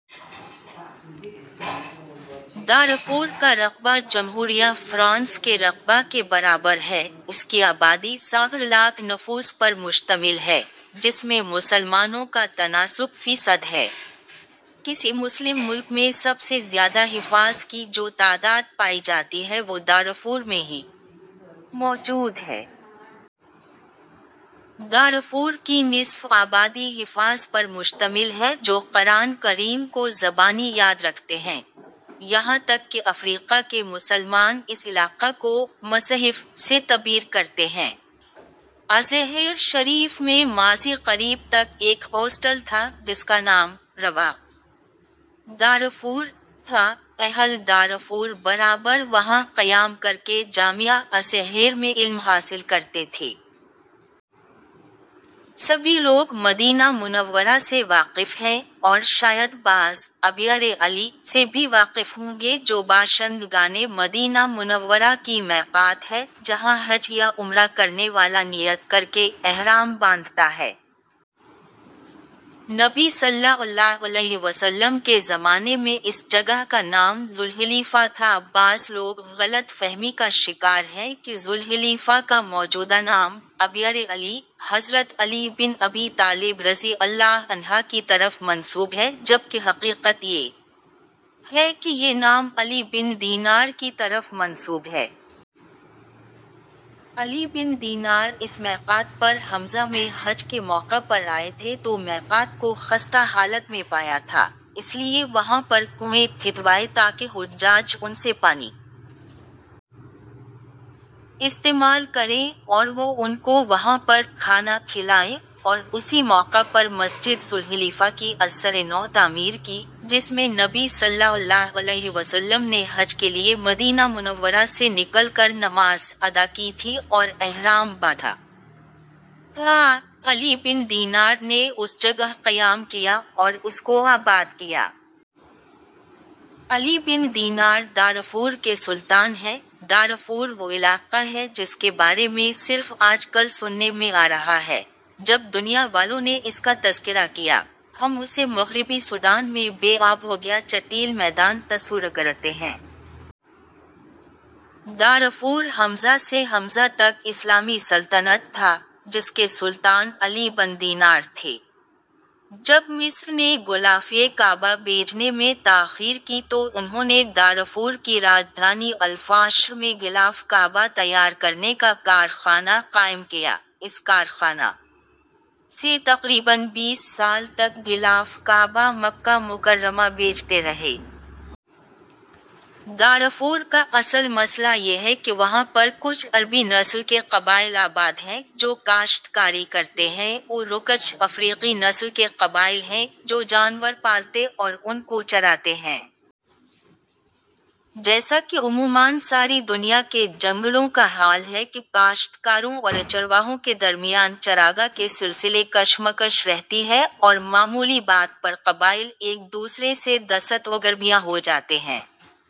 Darfur کا رقبہ جمہوریہ فرانس کے رقبہ کے برابر ہے، اس کی آبادی ساٹھ لاکھ نفوس پر مشتمل ہے، جس میں مسلمانوں کا تناسب فی صد ہے۔ کسی مسلم ملک میں سب سے زیادہ حفاظ کی جو تعداد پائی جاتی ہے وہ دارفور میں ہی موجود ہے۔ دارفور کی نصف آبادی حفاظ پر مشتمل ہے جو قرآنِ کریم کو زبانی یاد رکھتے ہیں، یہاں تک کہ افریقا کے مسلمان اس علاقہ کو " مصحف " سے تعبیر کرتے ہیں۔ ازہر شریف میں ماضی قریب تک ایک ہاسٹل تھا جس کا نام " رواق دارفور " تھا، اہلِ دارفور برابر وہاں قیام کرکے جامعہ ازہر میں علم حاصل کرتے تھے۔ سبھی لوگ مدینہ منورہ سے واقف ہیں اور شاید بعض " ابیارِ علی " سے بھی واقف ہوں گے جو باشند گانِ مدینہ منورہ کی میقات ہے جہاں حج یا عمرہ کرنے والا نیت کرکے احرام باندھتا ہے۔ نبی صلی الله علیہ وسلم کے زمانے میں اس جگہ کا نام ذوالحلیفہ تھا بعض لوگ غلط فہمی کا شکار ہیں کہ ذوالحلیفہ کا موجودہ نام " ابیارِ علی " حضرت علی بن ابی طالب رضی الله عنہ کی طرف منسوب ہے جب کہ حقیقت یہ ہے کہ یہ نام علی بن دینار کی طرف منسوب ہے۔ علی بن دینار اس میقات پر ء میں حج کے موقع پر آئے تھے تو میقات کو خستہ حالت میں پایا تھا، اس لیے وہاں پر کنویں کھدوائے تاکہ حجاج ان سے پانی استعمال کریں اور وہ ان کو وہاں پر کھانا کھلائیں اور اسی موقع پر مسجد ذوالحلیفہ کی ازسرِ نو تعمیر کی، جس میں نبی صلی الله علیہ وسلم نے حج کے لیے مدینہ منورہ سے نکل کر نماز ادا کی تھی اور احرام باندھا تھا، علی بن دینار نے اس جگہ قیام کیا اور اس کو آباد کیا۔ علی بن دینار دارفور کے سلطان ہیں، دارفور وہ علاقہ ہے جس کے بارے میں صرف آج کل سننے میں آ رہا ہے، جب دنیا والوں نے اس کا تذکرہ کیا، ہم اسے مغربی سوڈان میں بے آب وگیاہ چٹیل میدان تصو رکرتے ہیں۔ دارفور ء سے ء تک اسلامی سلطنت تھا، جس کے سلطان علی بن دینار تھے۔ جب مصر نے غلافِ کعبہ بھیجنے میں تاخیر کی تو انھوں نے دارفور کی راجدھانی الفاشر میں غلاف کعبہ تیار کرنے کا کارخانہ قائم کیا، اس کارخانہ سے تقریباً بیس سال تک غلاف کعبہ مکہ مکرمہ بھیجتے رہے۔ دارفور کا اصل مسئلہ یہ ہے کہ وہاں پر کچھ عربی نسل کے قبائل آباد ہیں جو کاشت کاری کرتے ہیں او رکچھ افریقی نسل کے قبائل ہیں جو جانور پالتے اور ان کوچراتے ہیں۔ جیسا کہ عموماً ساری دنیا کے جنگلوں کا حال ہے کہ کاشت کاروں اورچرواہوں کے درمیان چراگاہ کے سلسلے کشمکش رہتی ہے اور معمولی بات پر قبائل ایک دوسرے سے دست وگربیاں ہو جاتے ہیں۔